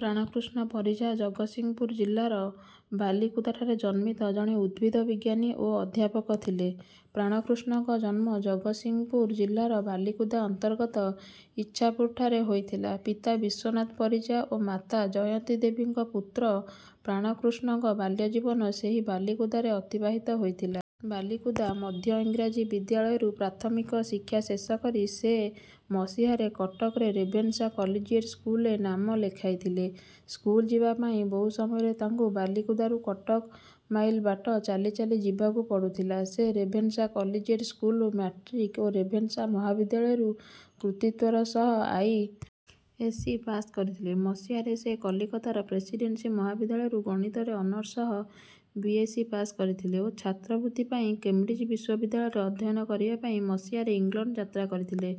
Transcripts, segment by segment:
ପ୍ରାଣକୃଷ୍ଣ ପରିଜା ଜଗତସିଂହପୁର ଜିଲ୍ଲାର ବାଲିକୁଦାଠାରେ ଜନ୍ମିତ ଜଣେ ଉଦ୍ଭିଦ ବିଜ୍ଞାନି ଓ ଅଧ୍ୟାପକ ଥିଲେ। ପ୍ରାଣକୃଷ୍ଣଙ୍କ ଜନ୍ମ ଜଗତସିଂହପୁର ଜିଲ୍ଲାର, ବାଲିକୁଦା ଅନ୍ତର୍ଗତ ଇଚ୍ଛାପୁରଠାରେ ହୋଇଥିଲା। ପିତା ବିଶ୍ୱନାଥ ପରିଜା ଓ ମାତା ଜୟନ୍ତୀ ଦେବୀଙ୍କ ପୁତ୍ର, ପ୍ରାଣକୃଷ୍ଣଙ୍କ ବାଲ୍ୟଜୀବନ ସେହି ବାଲିକୁଦାରେ ଅତିବାହିତ ହୋଇଥିଲା। ବାଲିକୁଦା ମଧ୍ୟଇଂରାଜୀ ବିଦ୍ୟାଳୟରୁ ପ୍ରାଥମିକ ଶିକ୍ଷା ଶେଷକରି, ସେ ମସିହାରେ କଟକ ର ରେଭେନ୍ସା କଲିଜିଏଟ ସ୍କୁଲ ରେ ନାମ ଲେଖାଇଥିଲେ। ସ୍କୁଲ ଯିବା ପାଇଁ, ବହୁ ସମୟରେ ତାଙ୍କୁ ବାଲିକୁଦାରୁ କଟକ, ମାଇଲ ବାଟ, ଚାଲି ଚାଲି ଯିବାକୁ ପଡୁଥିଲା। ସେ ରେଭେନ୍ସା କଲିଜିଏଟ ସ୍କୁଲରୁ ମାଟ୍ରିକ ଓ ରେଭେନ୍ସା ମହାବିଦ୍ୟାଳୟ ରୁ କୃତିତ୍ୱର ସହ ଆଇ. ଏସ୍. ସି. ପାସକରିଥିଲେ। ମସିହାରେ ସେ କଲିକତାର ପ୍ରେସିଡେନ୍ସି ମହାବିଦ୍ୟାଳୟରୁ ଗଣିତ ରେ ଅନର୍ସ ସହ ବି. ଏସ୍. ସି. ପାସ କରିଥିଲେ ଓ ଛାତ୍ରବୃତ୍ତି ପାଇ କେମ୍ବ୍ରିଜ ବିଶ୍ୱବିଦ୍ୟାଳୟ ରେ ଅଧ୍ୟୟନ କରିବା ପାଇଁ ମସିହାରେ ଇଂଲଣ୍ଡ ଯାତ୍ରା କରିଥିଲେ।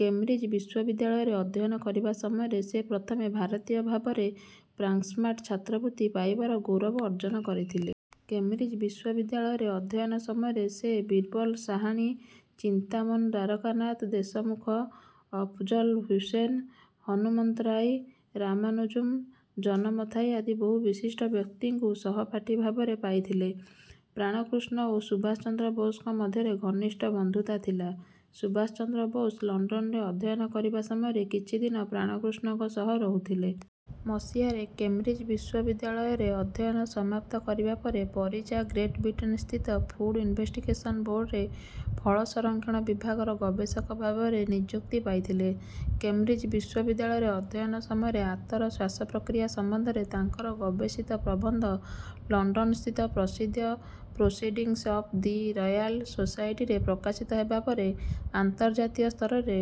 କେମ୍ବ୍ରିଜ ବିଶ୍ୱବିଦ୍ୟାଳୟରେ ଅଧ୍ୟୟନ କରିବା ସମୟରେ, ସେ ପ୍ରଥମ ଭାରତୀୟ ଭାବରେ ଫ୍ରାଙ୍କସ୍ମାର୍ଟ ଛାତ୍ରବୃତ୍ତି ପାଇବାର ଗୌରବ ଅର୍ଜ୍ଜନ କରିଥିଲେ। କେମ୍ବ୍ରିଜ ବିଶ୍ୱବିଦ୍ୟାଳୟରେ ଅଧ୍ୟୟନ ସମୟରେ, ସେ ବୀରବଲ ସାହାଣୀ, ଚିନ୍ତାମନ ଦ୍ୱାରକାନାଥ ଦେଶମୁଖ, ଅଫଜଲ ହୁସେନ, ହନୁମନ୍ତରାଇ, ରାମାନୁଜମ, ଜନ ମଥାଇ ଆଦି ବହୁ ବିଶିଷ୍ଟ ବ୍ୟକ୍ତିଙ୍କୁ ସହପାଠୀଭାବରେ ପାଇଥିଲେ। ପ୍ରାଣକୃଷ୍ଣ ଓ ସୁଭାଷ ଚନ୍ଦ୍ର ବୋଷଙ୍କ ମଧ୍ୟରେ ଘନିଷ୍ଟ ବନ୍ଧୁତା ଥିଲା। ସୁଭାଷ ଚନ୍ଦ୍ର ବୋଷ ଲଣ୍ଡନରେ ଅଧ୍ୟୟନ କରିବା ସମୟରେ, କିଛି ଦିନ, ପ୍ରାଣକୃଷ୍ଣଙ୍କ ସହ ରହୁଥିଲେ। ମସିହାରେ, କେମ୍ବ୍ରିଜ ବିଶ୍ୱବିଦ୍ୟାଳୟରେ ଅଧ୍ୟୟନ ସମାପ୍ତ କରିବା ପରେ, ପରିଜା ଗ୍ରେଟବ୍ରିଟେନସ୍ଥିତ ଫୁଡ ଇନଭେଷ୍ଟିଗେସନ ବୋର୍ଡ଼ରେ ଫଳ ସଂରକ୍ଷଣ ବିଭାଗର ଗବେଷକ ଭାବରେ ନିଯୁକ୍ତି ପାଇଥିଲେ। କେମ୍ବ୍ରିଜ ବିଶ୍ୱବିଦ୍ୟାଳୟରେ ଅଧ୍ୟୟନ ସମୟରେ ଆତର ଶ୍ୱାସପ୍ରକ୍ରିୟା ସମ୍ବନ୍ଧରେ ତାଙ୍କର ଗବେଷିତ ପ୍ରବନ୍ଧ, ଲଣ୍ଡନସ୍ଥିତ ପ୍ରସିଦ୍ଧ Proceedings of the Royal Society ରେ ପ୍ରକାଶିତ ହେବା ପରେ, ଅନ୍ତର୍ଜାତୀୟ ସ୍ତରରେ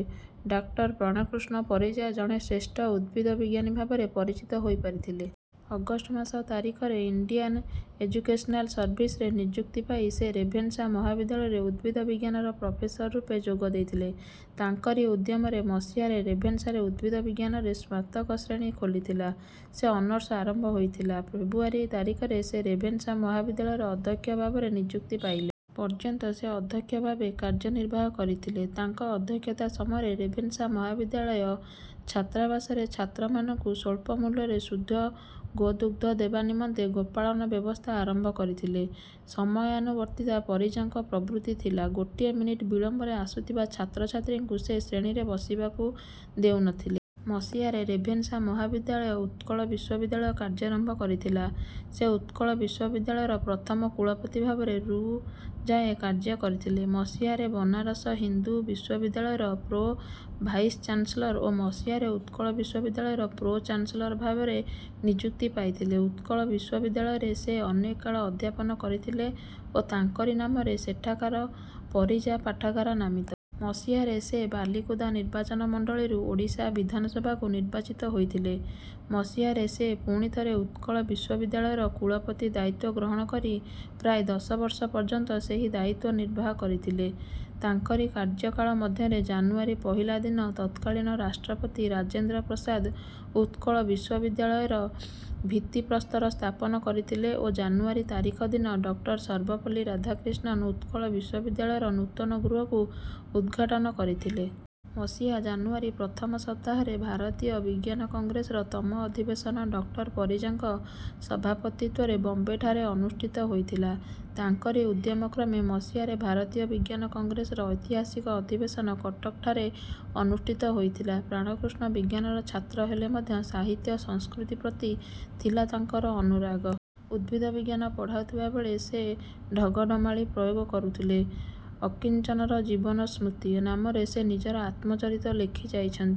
ଡଃ ପ୍ରାଣକୃଷ୍ଣ ପରିଜା ଜଣେ ଶ୍ରେଷ୍ଠ ଉଦ୍ଭୀଦ ବିଜ୍ଞାନୀ ଭାବରେ ପରିଚିତ ହୋଇପାରିଥିଲେ। ଅଗଷ୍ଟ ମାସ ତାରିଖରେ, ଇଣ୍ଡିଆନ ଏଜୁକେସନାଲ ସର୍ଭିସରେ ନିଯୁକ୍ତି ପାଇ, ସେ ରେଭେନ୍ସା ମହାବିଦ୍ୟାଳୟରେ ଉଦ୍ଭିଦ ବିଜ୍ଞାନର ପ୍ରଫେସର ରୂପେ ଯୋଗ ଦେଇଥିଲେ। ତାଙ୍କରି ଉଦ୍ୟମରେ ମସିହାରେ ରେଭେନ୍ସାରେ ଉଦ୍ଭିଦ ବିଜ୍ଞାନରେ ସ୍ନାତକ ଶ୍ରେଣୀ ଖୋଲିଥିଲା। ରେ ଅନର୍ସ ଆରମ୍ଭ ହୋଇଥିଲା। ଫେବୃୟାରୀ ତାରିଖରେ, ସେ ରେଭେନ୍ସା ମହାବିଦ୍ୟାଳୟର ଅଧ୍ୟକ୍ଷ ଭାବରେ ନିଯୁକ୍ତି ପାଇଲେ। ପର୍ଯ୍ୟନ୍ତ ସେ ଅଧ୍ୟକ୍ଷ ଭାବେ କାର୍ଯ୍ୟନିର୍ବାହ କରିଥିଲେ। ତାଙ୍କ ଅଧ୍ୟକ୍ଷତା ସମୟରେ ରେଭେନ୍ସା ମହାବିଦ୍ୟାଳୟ ଛାତ୍ରାବାସରେ ଛାତ୍ରମାନଙ୍କୁ ସ୍ୱଳ୍ପମୂଲ୍ୟରେ ଶୁଦ୍ଧ ଗୋଦୁଗ୍ଧ ଦେବା ନିମନ୍ତେ ଗୋପାଳନ ବ୍ୟବସ୍ଥା ଆରମ୍ଭ କରିଥିଲେ। ସମୟାନୁବର୍ତ୍ତିତା ପରିଜାଙ୍କ ପ୍ରବୃତ୍ତି ଥିଲା। ଗୋଟିଏ ମିନିଟ ବିଳମ୍ବରେ ଆସୁଥିବା ଛାତ୍ରଛାତ୍ରୀଙ୍କୁ ସେ ଶ୍ରେଣୀରେ ବସିବାକୁ ଦେଉନଥିଲେ। ମସିହାରେ ରେଭେନ୍ସା ମହାବିଦ୍ୟାଳୟ ଉତ୍କଳ ବିଶ୍ୱବିଦ୍ୟାଳୟ କାର୍ଯ୍ୟାରମ୍ଭ କରିଥିଲା। ସେ ଉତ୍କଳ ବିଶ୍ୱବିଦ୍ୟାଳୟର ପ୍ରଥମ କୂଳପତି ଭାବରେ ରୁ ଯାଏଁ କାର୍ଯ୍ୟ କରିଥିଲେ। ମସିହାରେ ବନାରସ ହିନ୍ଦୁ ବିଶ୍ୱବିଦ୍ୟାଳୟର ପ୍ରୋ-ଭାଇସଚାନ୍ସଲର ଓ ମସିହାରେ ଉତ୍କଳ ବିଶ୍ୱବିଦ୍ୟାଳୟର ପ୍ରୋ-ଚାନ୍ସଲର ଭାବରେ ନିଯୁକ୍ତି ପାଇଥିଲେ। ଉତ୍କଳ ବିଶ୍ୱବିଦ୍ୟାଳୟରେ ସେ, ଅନେକ କାଳ ଅଧ୍ୟାପନ କରିଥିଲେ ଓ ତାଙ୍କରି ନାମରେ ସେଠାକାର ପରିଜା ପାଠାଗାର ନାମିତ। ମସିହାରେ, ସେ ବାଲିକୁଦା ନିର୍ବାଚନ ମଣ୍ଡଳୀରୁ ଓଡ଼ିଶା ବିଧାନ ସଭାକୁ ନିର୍ବାଚିତ ହୋଇଥିଲେ। ମସିହାରେ ସେ ପୁଣି ଥରେ, ଉତ୍କଳ ବିଶ୍ୱବିଦ୍ୟାଳୟର କୂଳପତି ଦାୟିତ୍ୱ ଗ୍ରହଣ କରି, ପ୍ରାୟ ଦଶବର୍ଷ ପର୍ଯ୍ୟନ୍ତ ସେହି ଦାୟିତ୍ୱ ନିର୍ବାହ କରିଥିଲେ। ତାଙ୍କରି କାର୍ଯ୍ୟକାଳ ମଧ୍ୟରେ, ଜାନୁୟାରୀ ପହିଲା ଦିନ ତତ୍କାଳୀନ ରାଷ୍ଟ୍ରପତି ରାଜେନ୍ଦ୍ର ପ୍ରସାଦ, ଉତ୍କଳ ବିଶ୍ୱବିଦ୍ୟାଳୟର ଭିତ୍ତିପ୍ରସ୍ତର ସ୍ଥାପନ କରିଥିଲେ ଓ ଜାନୁୟାରୀ ତାରିଖ ଦିନ, ଡଃ ସର୍ବପଲ୍ଲୀ ରାଧାକ୍ରିଷ୍ଣନ, ଉତ୍କଳ ବିଶ୍ୱବିଦ୍ୟାଳୟର ନୂତନ ଗୃହକୁ ଉଦଘାଟନ କରିଥିଲେ। ମସିହା ଜାନୁୟାରୀ ପ୍ରଥମ ସପ୍ତାହରେ ଭାରତୀୟ ବିଜ୍ଞାନ କଂଗ୍ରେସର ତମ ଅଧିବେଶନ, ଡଃ ପରିଜାଙ୍କ ସଭାପତିତ୍ୱରେ ବମ୍ବେଠାରେ ଅନୁଷ୍ଠିତ ହୋଇଥିଲା। ତାଙ୍କରି ଉଦ୍ୟମକ୍ରମେ ମସିହାରେ ଭାରତୀୟ ବିଜ୍ଞାନ କଂଗ୍ରେସର ଐତିହାସିକ ଅଧିବେଶନ କଟକଠାରେ ଅନୁଷ୍ଠିତ ହୋଇଥିଲା। ପ୍ରାଣକୃଷ୍ଣ ବିଜ୍ଞାନର ଛାତ୍ର ହେଲେ ମଧ୍ୟ, ସାହିତ୍ୟ, ସଂସ୍କୃତି ପ୍ରତି ଥିଲା ତାଙ୍କର ଅନୁରାଗ। ଉଦ୍ଭିଦ ବିଜ୍ଞାନ ପଢାଉଥିବାବେଳେ, ସେ ଢଗ ଢମାଳି ପ୍ରୟୋଗ କରୁଥିଲେ। "ଅକିଞ୍ଚନର ଜୀବନ ସ୍ମୃତି" ନାମରେ ସେ ନିଜର ଆତ୍ମ-ଚରିତ ଲେଖିଯାଇଛନ୍ତି।।